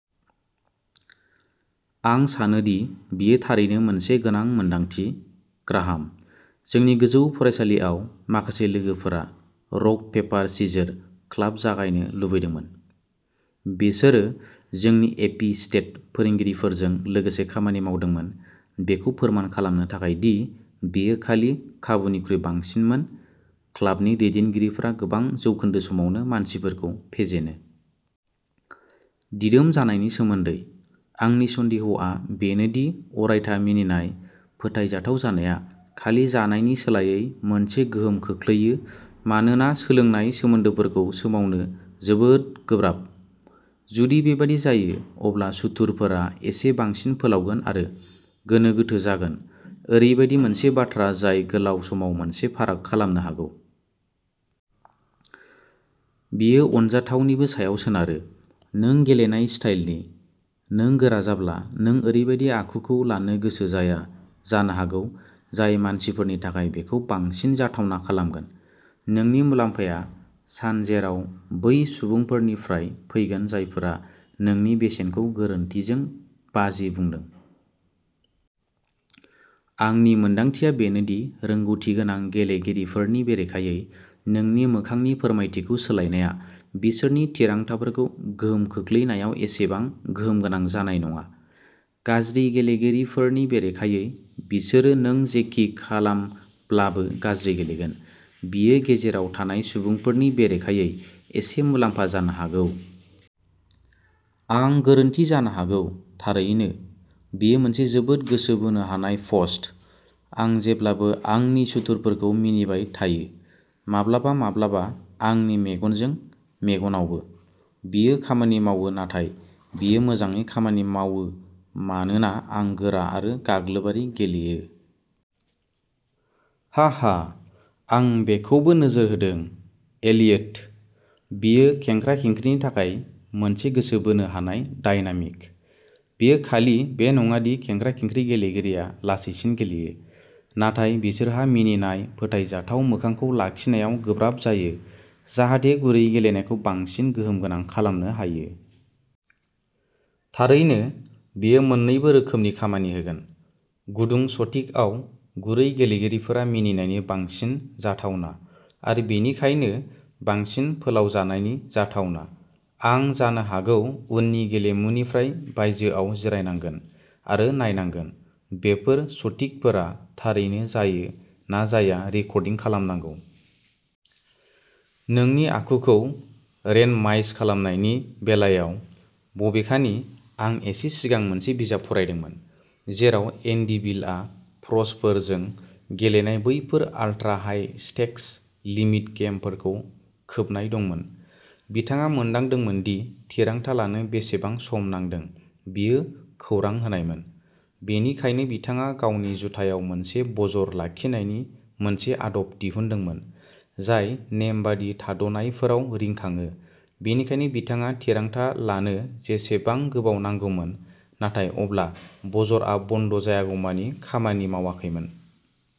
आं सानो दि बेयो थारैनो मोनसे गोनां मोनदांथि, ग्राहाम। जोंनि गोजौ फरायसालिआव, माखासे लोगोफोरा "रक पेपार सिजर" क्लाब जागायनो लुबैदोंमोन। बिसोरो जोंनि एपी स्टेट फोरोंगिरिजों लोगोसे खामानि मावदोंमोन बेखौ फोरमान खालामनो थाखाय दि बेयो खालि खाबुनिख्रुइ बांसिनमोन-क्लाबनि दैदेनगिरिफोरा गोबां जौखोन्दो समावनो मानसिफोरखौ फेजेनो। दिदोम जानायनि सोमोन्दैः आंनि सन्देहआ बेनो दि अरायथा मिनिनाय/फोथायजाथाव जानाया खालि जानायनि सोलायै मोनसे गोहोम खोख्लैयो मानोना सोलोंनाय सोमोन्दोफोरखौ सोमावनो जोबोद गोब्राब। जुदि बेबादि जायो, अब्ला सुथुरफोरा एसे बांसिन फोलावगोन आरो गोनो-गोथो जागोन-ओरैबायदि मोनसे बाथ्रा जाय गोलाव समाव मोनसे फाराग खालामनो हागौ। बेयो अनजाथावनिबो सायाव सोनारो। नों गेलेनाय स्टाइलनि। नों गोरा जाब्ला, नों ओरैबादि आखुखौ लानो गोसो जाया जानो हागौ जाय मानसिफोरनि थाखाय बेखौ बांसिन जाथावना खालामगोन, नोंनि मुलाम्फाया सानजेराव बै सुबुंफोरनिफ्राय फैगोन जायफोरा नोंनि बेसेनखौ गोरोन्थिजों बाजि बुंदों। आंनि मोनदांथिया बेनो दि रोंग'थि गोनां गेलेगिरिफोरनि बेरेखायै, नोंनि मोखांनि फोरमायथिखौ सोलायनाया बिसोरनि थिरांथाफोरखौ गोहोम खोख्लैनायाव एसेबां गोहोम गोनां जानाय नङा। गाज्रि गेलेगिरिफोरनि बेरेखायै, बिसोर नों जेखि खालामब्लाबो गाज्रि गेलेगोन। बेयो गेजेराव थानाय सुबुंफोरनि बेरेखायै एसे मुलाम्फा जानो हागौ। आं गोरोन्थि जानो हागौ, थारैनो। बेयो मोनसे जोबोद गोसो बोनो हानाय पस्ट। आं जेब्लाबो आंनि सुथुरफोरखौ मिनिबाय थायो। माब्लाबा माब्लाबा आंनि मेगनजों मेगनावबो। बेयो खामानि मावो नाथाय बेयो मोजाङै खामानि मावो'मानोना आं गोरा आरो गाग्लोबारि गेलेयो। हाहा, आं बेखौबो नोजोर होदों, एलियट! बेयो खेंख्रा-खेंख्रिनि थाखाय मोनसे गोसो बोनो हानाय डायनामिक। बेयो खालि बे नङा दि खेंख्रा-खेंख्रि गेलेगिरिया लासैसिन गेलेयो, नाथाय बिसोरहा मिनिनाय, फोथायजाथाव मोखांखौ लाखिनायाव गोब्राब जायो, जाहाथे गुरै गेलेनायखौ बांसिन गोहोम गोनां खालामनो हायो। थारैनो, बेयो मोन्नैबो रोखोमै खामानि होगोन। गुदुं सटिकआव गुरै गेलेगिरिफोरा मिनिनायनि बांसिन जाथावना, आरो बेनिखायनो बांसिन फोलावजानायनि जाथावना। आं जानो हागौ उननि गेलेमुनिफ्राय बायजोआव जिरायनांगोन आरो नायनांगोन, बेफोर सटिकफोरा थारैनो जायो ना जाया रेकर्डिं खालामनांगौ। नोंनि आखुखौ रेन्डमाइज खालामनायनि बेलायाव, बबेखानि, आं एसे सिगां मोनसे बिजाब फरायदोंमोन, जेराव एन्डि बिलआ प्र'सफोरजों गेलेनाय बैफोर आल्ट्रा-हाइ स्टेक्स लिमिट गेमफोरखौ खोबनाय दंमोन। बिथाङा मोनदांदोंमोन दि थिरांथा लानो बेसेबां सम नांदों बियो खौरां होनायमोन, बेनिखायनो बिथाङा गावनि जुथायाव मोनसे बजर लाखिनायनि मोनसे आदब दिहुनदोंमोन, जाय नेमबादि थाद'नायफोराव रिंखाङो, बेनिखायनो बिथाङा थिरांथा लानो जेसेबां गोबाव नांगौमोन, नाथाय अब्ला बजरआ बन्द जायागौमानि खामानि मावाखैमोन।